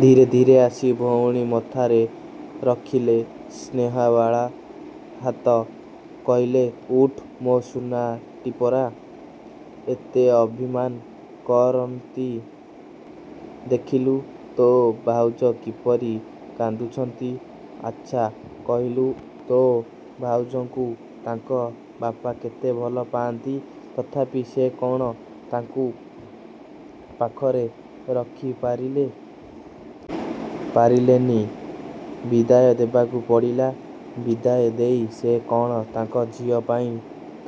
ଧୀରେ ଧୀରେ ଆସି ଭଉଣୀ ମଥାରେ ରଖିଲେ ସ୍ନେହବାଳା ହାତ। କହିଲେ ଉଠ୍ ମୋ ସୁନାଟି ପରା। ଏତେ ଅଭିମାନ କରନ୍ତି? ଦେଖିଲୁ ତୋ ଭାଉଜ କିପରି କାନ୍ଦୁଛନ୍ତି। ଆଚ୍ଛା କହିଲୁ ତୋ ଭାଉଜଙ୍କୁ ତାଙ୍କ ବାପା କେତେ ଭଲ ପାଆନ୍ତି। ତଥାପି ସେ କ'ଣ ତାଙ୍କୁ ପାଖରେ ରଖି ପାରିଲେ? ପାରିଲେନି। ବିଦାୟ ଦେବାକୁ ପଡ଼ିଲା। ବିଦାୟ ଦେଇ ସେ କ'ଣ ତାଙ୍କ ଝିଅ ପାଇଁ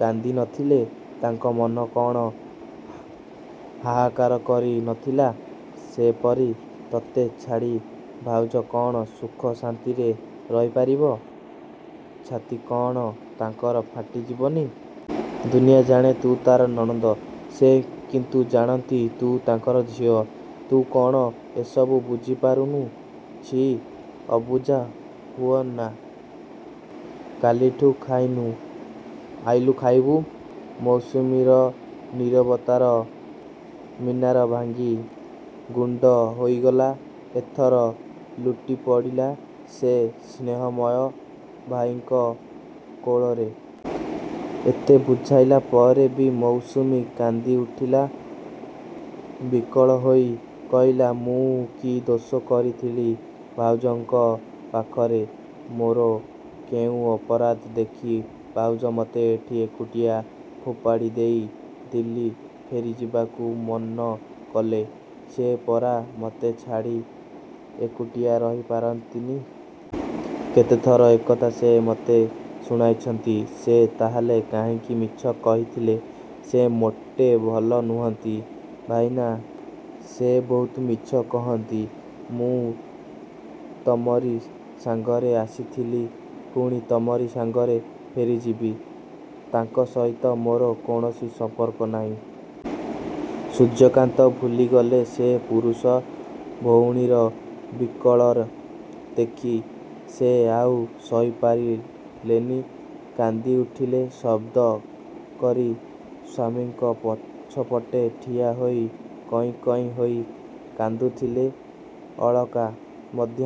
କାନ୍ଦି ନଥିଲେ? ତାଙ୍କ ମନ କ'ଣ ହାହାକାର କରି ନଥିଲା? ସେପରି ତତେ ଛାଡ଼ି ଭାଉଜ କ'ଣ ସୁଖ ଶାନ୍ତିରେ ରହି ପାରିବ? ଛାତି କ'ଣ ତାଙ୍କର ଫାଟି ଯିବନି? ଦୁନିଆ ଜାଣେ ତୁ ତା'ର ନଣନ୍ଦ। ସେ କିନ୍ତୁ ଜାଣନ୍ତି ତୁ ତାଙ୍କର ଝିଅ। ତୁ କ'ଣ ଏସବୁ ବୁଝି ପାରୁନୁ। ଛି, ଅବୁଝା ହୁଅନା। କାଲିଠୁ ଖାଇନୁ, ଆଇଲୁ ଖାଇବୁ। ମୌସୁମୀର ନିରବତାର ମିନାର ଭାଙ୍ଗି ଗୁଣ୍ଡ ହୋଇଗଲା ଏଥର। ଲୁଟି ପଡ଼ିଲା ସେ ସ୍ନେହମୟ ଭାଇଙ୍କ କୋଳରେ। ଏତେ ବୁଝାଇଲା ପରେ ବି ମୌସୁମୀ କାନ୍ଦି ଉଠିଲା ବିକଳ ହୋଇ। କହିଲା ମୁଁ କି ଦୋଷ କରିଥିଲି ଭାଉଜଙ୍କ ପାଖରେ। ମୋର କେଉଁ ଅପରାଧ ଦେଖି ଭାଉଜ ମୋତେ ଏଠି ଏକୁଟିଆ ଫୋପାଡ଼ି ଦେଇ ଦିଲ୍ଲୀ ଫେରିଯିବାକୁ ମନ କଲେ? ସେ ପରା ମୋତେ ଛାଡ଼ି ଏକୁଟିଆ ରହି ପାରନ୍ତିନି! କେତେଥର ଏକଥା ସେ ମୋତେ ଶୁଣାଇଛନ୍ତି। ସେ ତାହାହେଲେ କାହିଁକି ମିଛ କହିଥିଲେ? ସେ ମୋଟେ ଭଲ ନୁହଁନ୍ତି ଭାଇନା, ସେ ବହୁତ ମିଛ କହନ୍ତି। ମୁଁ ତମରି ସାଙ୍ଗରେ ଆସିଥିଲି, ପୁଣି ତମରି ସାଙ୍ଗରେ ଫେରିଯିବି। ତାଙ୍କ ସହିତ ମୋର କୌଣସି ସମ୍ପର୍କ ନାହିଁ। ସୂର୍ଯ୍ୟକାନ୍ତ ଭୁଲିଗଲେ ସେ ପୁରୁଷ। ଭଉଣୀର ବିକଳ ଦେଖି ସେ ଆଉ ସହି ପାରିଲେନି। କାନ୍ଦି ଉଠିଲେ ଶବ୍ଦ କରି। ସ୍ୱାମୀଙ୍କ ପଛପଟେ ଠିଆ ହୋଇ କଇଁ କଇଁ ହୋଇ କାନ୍ଦୁଥିଲେ ଅଳକା ମଧ୍ୟ।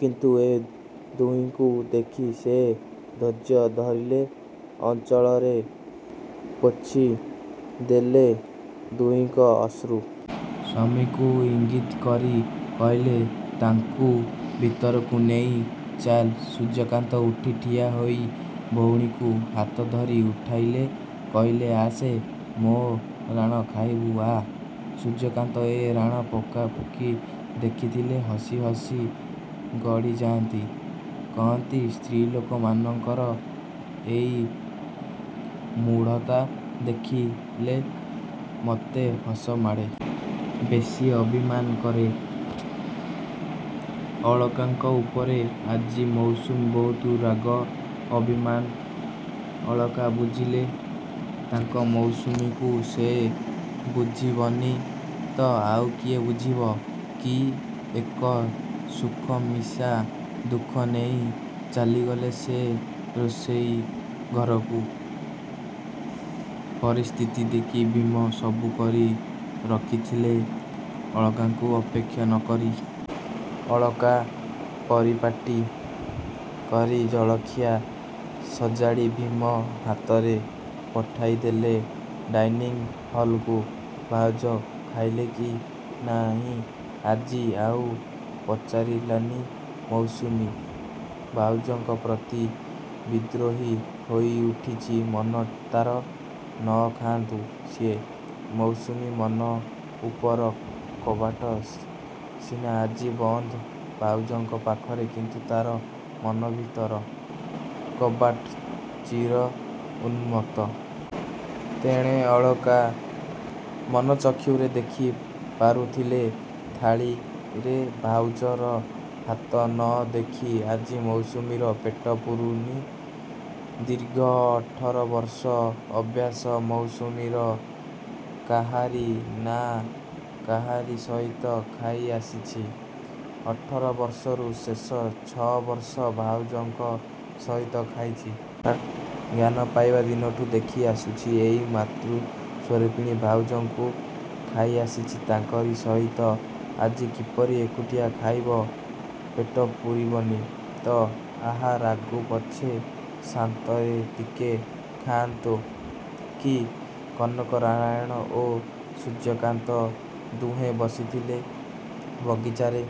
କିନ୍ତୁ ଏ ଦୁହିଁଙ୍କୁ ଦେଖି ସେ ଧୈର୍ଯ୍ୟ ଧରିଲେ। ଅଞ୍ଚଳରେ ପୋଛି ଦେଲେ ଦୁହିଁଙ୍କ ଅଶ୍ରୁ। ସ୍ୱାମୀଙ୍କୁ ଇଙ୍ଗିତ କରି କହିଲେ ତାକୁ ଭିତରକୁ ନେଇ ଚାଲ। ସୂର୍ଯ୍ୟକାନ୍ତ ଉଠି ଠିଆ ହୋଇ ଭଉଣୀକୁ ହାତ ଧରି ଉଠାଇଲେ। କହିଲେ ଆସେ, ମୋ ରାଣ ଖାଇବୁ ଆ। ସୂର୍ଯ୍ୟକାନ୍ତ ଏ ରାଣ ପକାପକି ଦେଖିଲେ ହସି ହସି ଗଡ଼ି ଯାଆନ୍ତି। କହନ୍ତି ସ୍ତ୍ରୀଲୋକମାନଙ୍କର ଏଇ ମୂଢ଼ତା ଦେଖିଲେ ମୋତେ ହସ ମାଡ଼େ। ବେଶୀ ଅଭିମାନ କରେ। ଅଳକାଙ୍କ ଉପରେ ଆଜି ମୌସୁମୀର ବହୁତ ରାଗ, ଅଭିମାନ। ଅଳକା ବୁଝିଲେ। ତାଙ୍କ ମୌସୁମୀକୁ ସେ ବୁଝିବନି ତ ଆଉ କିଏ ବୁଝିବ! କି ଏକ ସୁଖ ମିଶା ଦୁଃଖ ନେଇ ଚାଲିଗଲେ ସେ ରୋଷେଇ ଘରକୁ। ପରିସ୍ଥିତି ଦେଖି ଭୀମ ସବୁ କରି ରଖିଥିଲା ଅଳକାଙ୍କୁ ଅପେକ୍ଷା ନ କରି। ଅଳକା ପରିପାଟି କରି ଜଳଖିଆ ସଜାଡ଼ି ଭୀମ ହାତରେ ପଠାଇ ଦେଲେ ଡାଇନିଂ ହଲକୁ। ଭାଉଜ ଖାଇଲେ କି ନାହିଁ ଆଜି ଆଉ ପଚାରିଲାନି ମୌସୁମୀ। ଭାଉଜଙ୍କ ପ୍ରତି ବିଦ୍ରୋହୀ ହୋଇ ଉଠିଛି ମନ ତା'ର। ନ ଖାଆନ୍ତୁ ସିଏ। ମୌସୁମୀ ମନର ଉପର କବାଟ ସିନା ଆଜି ବନ୍ଦ, ଭାଉଜଙ୍କ ପାଖରେ କିନ୍ତୁ ତା'ର ମନର ଭିତର କବାଟ ଚିର ଉନ୍ମୁକ୍ତ। ତେଣେ ଅଳକା ମନଶ୍ଚକ୍ଷୁରେ ଦେଖି ପାରୁଥିଲେ ଥାଳିରେ ଭାଉଜଙ୍କର ହାତ ନ ଦେଖି ଆଜି ମୌସୁମୀର ପେଟ ପୁରୁନି। ଦୀର୍ଘ ଅଠର ବର୍ଷ ଅଭ୍ୟାସ ମୌସୁମୀର, କାହାରି ନା କାହାରି ସହିତ ଖାଇ ଆସିଛି। ଅଠର ବର୍ଷରୁ ଶେଷ ଛଅ ବର୍ଷ ଭାଉଜଙ୍କ ସହିତ ଖାଇଛି। ଜ୍ଞାନ ପାଇବା ଦିନଠୁ ଦେଖି ଆସୁଛି ଏଇ ମାତୃ ସ୍ୱରୂପିଣୀ ଭାଉଜଙ୍କୁ। ଖାଇ ଆସିଛି ତାଙ୍କରି ସହିତ। ଆଜି କିପରି ଏକୁଟିଆ ଖାଇବ! ପେଟ ପୁରିବନି ତ। ଆହା, ରାଗୁ ପଛେ ଶାନ୍ତିରେ ଟିକେ ଖାଆନ୍ତା କି! କନକନାରାୟଣ ଓ ସୂର୍ଯ୍ୟକାନ୍ତ ଦୁହେଁ ବସିଥିଲେ ବଗିଚାରେ।